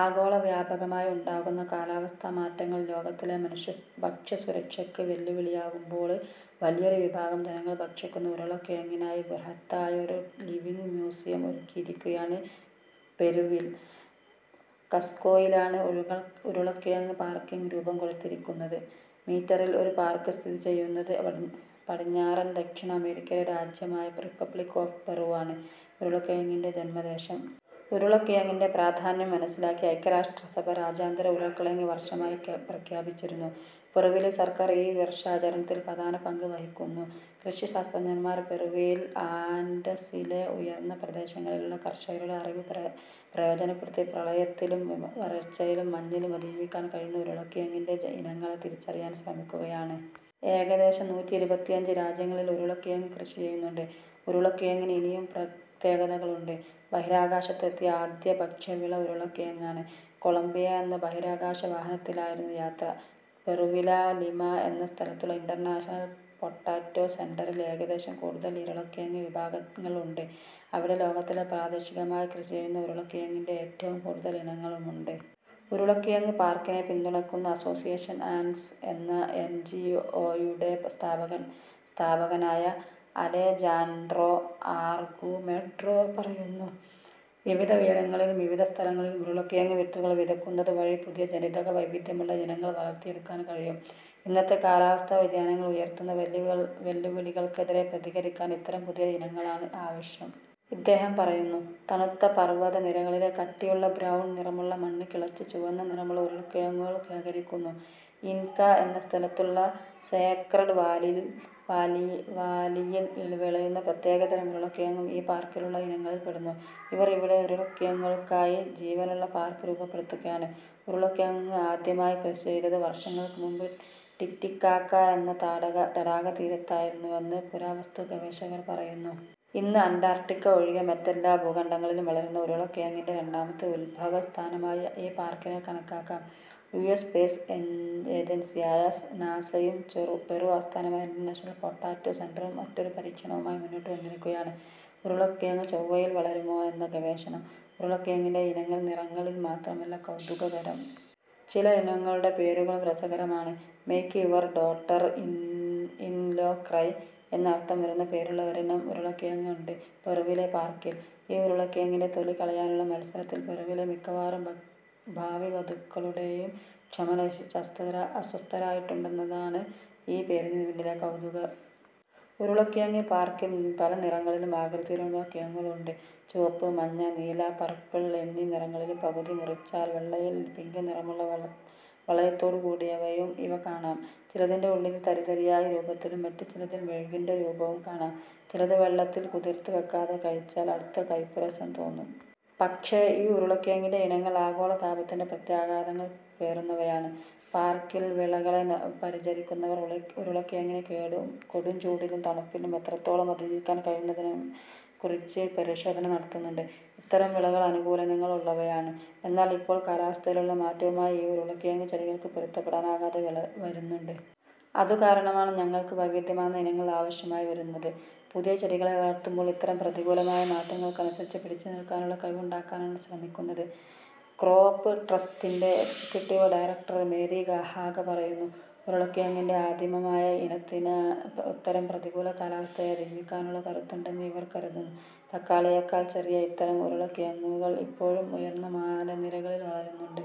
ആഗോള വ്യാപകമായി ഉണ്ടാകുന്ന കാലാവസ്ഥാ മാറ്റങ്ങള്‍ ലോകത്തിലെ ഭക്ഷ്യസുരക്ഷയ്ക്ക് വെല്ലുവിളിയാകുമ്പോള് വലിയൊരു വിഭാഗം ജനങ്ങള്‍ ഭക്ഷിക്കുന്ന ഉരുളക്കിഴങ്ങിനായി ബൃഹത്തായൊരു ' ലിവിങ്ങ് മ്യൂസിയം ' ഒരുക്കിയിരിക്കുകയാണ് പെറുവിൽ. കസ്കോയിലാണ് ഉരുളക്കിഴങ്ങ് പാര്‍ക്കിന് രൂപംകൊടുത്തിരിക്കുന്നത്. മീറ്ററില്‍ ഈ പാര്‍ക്ക് സ്ഥിതി ചെയ്യുന്നത്. പടിഞ്ഞാറൻ ദക്ഷിണ അമേരിക്കയിലെ രാജ്യമായ റിപ്പബ്ലിക് ഓഫ് പെറുവാണ് ഉരുളക്കിഴങ്ങിന്‍റെ ജന്മദേശം. ഉരുളക്കിഴങ്ങിന്‍റെ പ്രാധാന്യം മനസിലാക്കി ഐക്യരാഷ്ട്ര സഭ രാജ്യാന്തര ഉരുളക്കിഴങ്ങ് വര്‍ഷമായി പ്രഖ്യാപിച്ചിരുന്നു. പെറുവിലെ സര്‍ക്കാര്‍ ഈ വര്‍ഷാചരണത്തില്‍ പ്രധാന പങ്ക് വഹിക്കുന്നു. കൃഷി ശാസ്ത്രജ്ഞന്‍മാര്‍ പെറുവിയൻ ആന്റസിലെ ഉയര്‍ന്ന പ്രദേശങ്ങളിലുള്ള കര്‍ഷകരുടെ അറിവ് പ്രയോജനപ്പെടുത്തി പ്രളയത്തിലും വരള്‍ച്ചയിലും മഞ്ഞിലും അതിജീവിക്കാന്‍ കഴിയുന്ന ഉരുളക്കിഴങ്ങിന്‍റെ ഇനങ്ങളെ തിരിച്ചറിയാന്‍ ശ്രമിക്കുകയാണ്. ഏകദേശം നൂറ്റി ഇരിപ്പത്തിയഞ്ച് രാജ്യങ്ങളില്‍ ഉരുളക്കിഴങ്ങ് കൃഷി ചെയ്യുന്നുണ്ട്. ഉരുളക്കിഴങ്ങിന് ഇനിയും പ്രത്യേകതകളുണ്ട്. ബഹിരാകാശത്ത് എത്തിയ ആദ്യ ഭക്ഷ്യവിള ഉരുളക്കിഴങ്ങാണ്. കൊളമ്പിയ എന്ന ബഹിരാകാശവാഹനത്തിലായിരുന്നു യാത്ര. പെറുവില ലിമ എന്ന സ്ഥലത്തുള്ള ഇന്‍റര്‍നാഷണല്‍ പൊട്ടറ്റോ സെന്‍ററില്‍ ഏകദേശം കൂടുതൽ ഉരുളക്കിഴങ്ങ് വിഭാഗങ്ങള്‍ ഉണ്ട്. ' ഇവിടെ ലോകത്തിലെ പ്രാദേശികമായി കൃഷി ചെയ്യുന്ന ഉരുളക്കിഴങ്ങിന്‍റെ ഏറ്റവും കൂടുതല്‍ ഇനങ്ങളുമുണ്ട്. ' ഉരുളക്കിഴങ്ങ് പാര്‍ക്കിനെ പിന്തുണയ്ക്കുന്ന അസോസിയേഷന്‍ ആന്‍റ്സ് എന്ന എന്. ജി. ഒയുടെ സ്ഥാപകനായ അലെജാന്ഡ്രോ ആര്ഗുമെഡോ പറയുന്നു. ' വിവിധ ഉയരത്തിലും വിവിധ സ്ഥലങ്ങളിലും ഉരുളക്കിഴങ്ങ് വിത്തുകള്‍ വിതയ്ക്കുന്നതു വഴി പുതിയ ജനിതക വൈവിദ്ധ്യമുള്ള ഇനങ്ങള്‍ വളര്‍ത്തിയെടുക്കാന്‍ കഴിയും. ഇന്നത്തെ കാലാവസ്ഥാ വ്യതിയാനങ്ങള്‍ ഉയര്‍ത്തുന്ന വെല്ലുവിളികൾക്കെതിരെ പ്രതികരിക്കാന്‍ ഇത്തരം പുതിയ ഇനങ്ങളാണ് ആവശ്യം. ' ഇദ്ദേഹം പറയുന്നു. തണുത്ത പർവതനിരകളിലെ കട്ടിയുള്ള ബ്രൌണ്‍ നിറമുള്ള മണ്ണ് കിളച്ച് ചുവന്ന നിറമുള്ള ഉരുളക്കിഴങ്ങുകള്‍ ശേഖരിക്കുന്നു. ഇന്‍ക എന്ന സ്ഥലത്തുള്ള സേക്രഡ് വാലിയിൽ വിളയുന്ന പ്രത്യേകതരം ഉരുളക്കിഴങ്ങും ഈ പാര്‍ക്കിലുള്ള ഇനങ്ങളിൽ പെടുന്നു. ഇവര്‍ ഇവിടെ ഉരുളക്കിഴങ്ങുകള്‍ക്കായി ജീവനുള്ള പാര്‍ക്ക് രൂപപ്പെടുത്തുകയാണ്. ഉരുളക്കിഴങ്ങ് ആദ്യമായി കൃഷി ചെയ്തത് വര്‍ഷങ്ങള്‍ക്ക് മുമ്പ് ടിറ്റിക്കാക്ക എന്ന തടാകതീരത്തായിരുന്നുവെന്ന് പുരാവസ്തു ഗവേഷകര്‍ പറയുന്നു. ഇന്ന് അന്‍റാര്‍ട്ടിക്ക ഒഴികെ മറ്റെല്ലാ ഭൂഖണ്ഡങ്ങളിലും വളരുന്ന ഉരുളക്കിഴങ്ങിന്‍റെ രണ്ടാമത്തെ ഉത്ഭവ സ്ഥാനമായി ഈ പാര്‍ക്കിനെ കണക്കാക്കാം. യു. എസ് സ്പേസ് ഏജന്സിയായ നാസയും പെറു ആസ്ഥാനമായ ഇന്‍റര്‍നാഷണല്‍ പൊട്ടട്ടോ സെന്‍ററും മറ്റൊരു പരീക്ഷണവുമായി മുന്നോട്ട് വന്നിരിക്കുകയാണ്- ഉരുളക്കിഴങ്ങ് ചൊവ്വയില്‍ വളരുമോ എന്ന ഗവേഷണം! ഉരുളക്കിഴങ്ങിന്‍റെ ഇനങ്ങള്‍ നിറങ്ങളില്‍ മാത്രമല്ല കൗതുകകരം. ചില ഇനങ്ങളുടെ പേരുകളും രസകരമാണ്. ' Make your daughter in law cry ' എന്ന് അര്‍ഥം വരുന്ന പേരുള്ള ഒരിനം ഉരുളക്കിഴങ്ങുണ്ട് പെറുവിലെ പാര്‍ക്കില്‍. ഈ ഉരുളക്കിഴങ്ങിന്‍റെ തൊലി കളയാനുള്ള മത്സരത്തില്‍ പെറുവിലെ മിക്കവാറും ഭാവിവധുക്കളുടെയും ക്ഷമ നശിച്ച് അസ്വസ്ഥരായിട്ടുണ്ടെന്നതാണ് ഈ പേരിന് പിന്നിലെ കൗതുകം. ഉരുളക്കിഴങ്ങ് പാര്‍ക്കില്‍ പല നിറങ്ങളിലും ആകൃതിയിലുമുള്ള കിഴങ്ങുകളുണ്ട്. ചുവപ്പ്, മഞ്ഞ, നീല, പർപ്പിൾ എന്നീ നിറങ്ങളിലും പകുതി മുറിച്ചാല്‍ വെള്ളയില്‍ പിങ്ക് നിറമുള്ള വളയത്തോടുകൂടിയവയും ഇവ കാണാം. ചിലതിന്‍റെ ഉള്ളില്‍ തരിതരിയായ രൂപത്തിലും മറ്റു ചിലതില്‍ മെഴുകിന്റെ രൂപവും കാണാം. ചിലത് വെള്ളത്തില്‍ കുതിര്‍ത്ത് വെക്കാതെ കഴിച്ചാല്‍ കടുത്ത കയ്പ്പുരസം തോന്നും. പക്ഷേ, ഈ ഉരുളക്കിഴങ്ങിന്‍റെ ഇനങ്ങള്‍ ആഗോള താപത്തിന്‍റെ പ്രത്യാഘാതങ്ങള്‍ പേറുന്നവയാണ്. പാര്‍ക്കില്‍ വിളകളെ പരിചരിക്കുന്നവര്‍ ഉരുളക്കിഴങ്ങിന് കൊടുംചൂടിലും തണുപ്പിലും എത്രത്തോളം അതിജീവിക്കാന്‍ കഴിയുമെന്നതിനെക്കുറിച്ച് പരിശോധന നടത്തുന്നുണ്ട്. ' ഇത്തരം വിളകള്‍ അനുകൂലനങ്ങൾ ഉള്ളവയാണ്. എന്നാല്‍ ഇപ്പോള്‍ കാലാവസ്ഥയിലുള്ള മാറ്റവുമായി ഈ ഉരുളക്കിഴങ്ങ് ചെടികള്‍ക്ക് പൊരുത്തപ്പെടാനാകാതെ വരുന്നുണ്ട്. അതുകാരണമാണ് ഞങ്ങള്‍ക്ക് വൈവിധ്യമാർന്ന ഇനങ്ങള്‍ ആവശ്യമായി വരുന്നത്. പുതിയ ചെടികളെ വളര്‍ത്തുമ്പോള്‍ ഇത്തരം പ്രതികൂലമായ മാറ്റങ്ങൾക്കനുസരിച്ച് പിടിച്ചു നില്‍ക്കാനുള്ള കഴിവുണ്ടാക്കാനാണ് ശ്രമിക്കുന്നത്. ' ക്രോപ് ട്രസ്റ്റിന്‍റെ എക്സിക്യുട്ടീവ് ഡയറക്ടര്‍ മേരി ഹാഗ പറയുന്നു. ഉരുളക്കിഴങ്ങിന്‍റെ ആദിമമായ ഇനത്തിന് ഇത്തരം പ്രതികൂല കാലാവസ്ഥയെ അതിജീവിക്കാനുള്ള കരുത്തുണ്ടെന്ന് ഇവര്‍ കരുതുന്നു. തക്കാളിയേക്കാള്‍ ചെറിയ ഇത്തരം ഉരുളക്കിഴങ്ങുകള്‍ ഇപ്പോഴും ഉയര്‍ന്ന മലനിരകളിൽ വളരുന്നുണ്ട്.